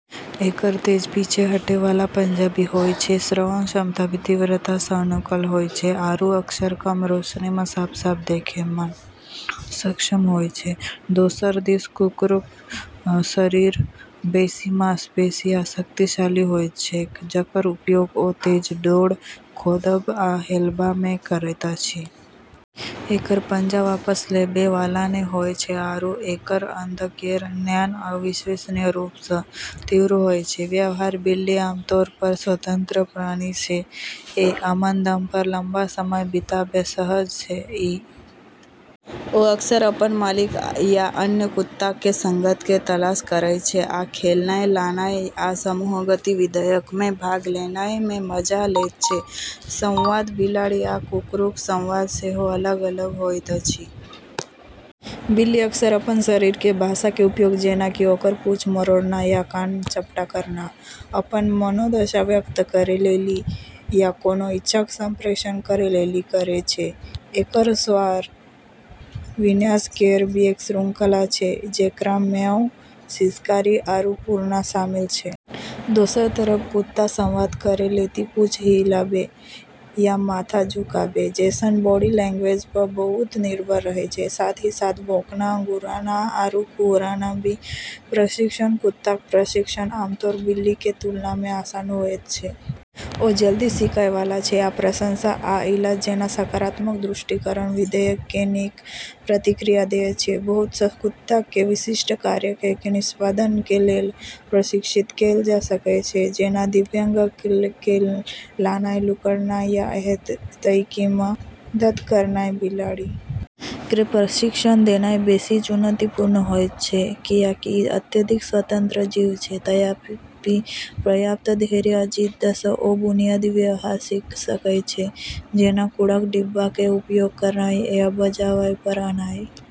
एकरऽ तेज पीछे हटै वाला पंजा भी होय छै, श्रवण क्षमता भी तीव्रता सऽ अनुकूल होय छै आरू अक्सर कम रोशनी मऽ साफ-साफ देखै मऽ सक्षम होय छै। दोसर दिस कुकुरक शरीर बेसी मांसपेशी आ शक्तिशाली होइत छैक, जकर उपयोग ओ तेज दौड़, खोदब आ हेलबा मे करैत अछि। एकरऽ पंजा वापस लेबै वाला नै होय छै आरू एकरऽ गंध केरऽ ज्ञान अविश्वसनीय रूप सऽ तीव्र होय छै। व्यवहार: बिल्ली आमतौर पर स्वतंत्र प्राणी छै, जे अपन दम पर लंबा समय बिताबै मे सहज छै ।ई ओ अक्सर अपन मालिक या अन्य कुत्ताक के संगत के तलाश करएयत छै ।आ खेलनाय, लानाय आ समूह गतिविधियक मे भाग लेनाय मे मजा लैत छै ।संवाद: बिलाड़ि आ कुकुरक संवाद सेहो अलग-अलग होइत अछि। बिल्ली अक्सर अपनऽ शरीर के भाषा के उपयोग, जेना कि ओकरऽ पूंछ मरोड़ना या कान चपटा करना, अपनऽ मनोदशा व्यक्त करै लेली या कोनों इच्छाक संप्रेषण करै लेली करै छै। एकरऽ स्वर-विन्यास केरऽ भी एक श्रृंखला छै, जेकरा मऽ म्याऊ, सिसकारी, आरू पुरना शामिल छै। दोसरऽ तरफ कुत्ता संवाद करै लेली पूँछ हिलाबै या माथा झुकाबै जैसनऽ बॉडी लैंग्वेज पऽ बहुत निर्भर रहै छै, साथ ही साथ भौंकना, गुर्राना, आरू कुहरना भी। प्रशिक्षण: कुत्ताक प्रशिक्षण आमतौर पर बिल्ली के तुलना मे आसान होयत छै। ओ जल्दी सीखएय वाला छै आ प्रशंसा आ इलाज जैना सकारात्मक सुदृढीकरण विधियक के नीक प्रतिक्रिया देयत छै। बहुत सऽ कुत्ताक के विशिष्ट कार्यक के निष्पादन के लेल प्रशिक्षित कैल जा सकएय छै, जेना दिव्यांगक के लानाय, लुढ़कनाय, या एतय तइक की मदद करनाय ।बिलाड़ि के प्रशिक्षण देनाय बेसि चुनौतीपूर्ण होयत छै, कियाकि इ अत्यधिक स्वतंत्र जीव छै ।तथापि, पर्याप्त धैर्य आ जिद्द सऽ ओ बुनियादी व्यवहार सीख सकय छै जेना कूड़ाक डिब्बा के उपयोग करनाय या बजावय पर आनाय।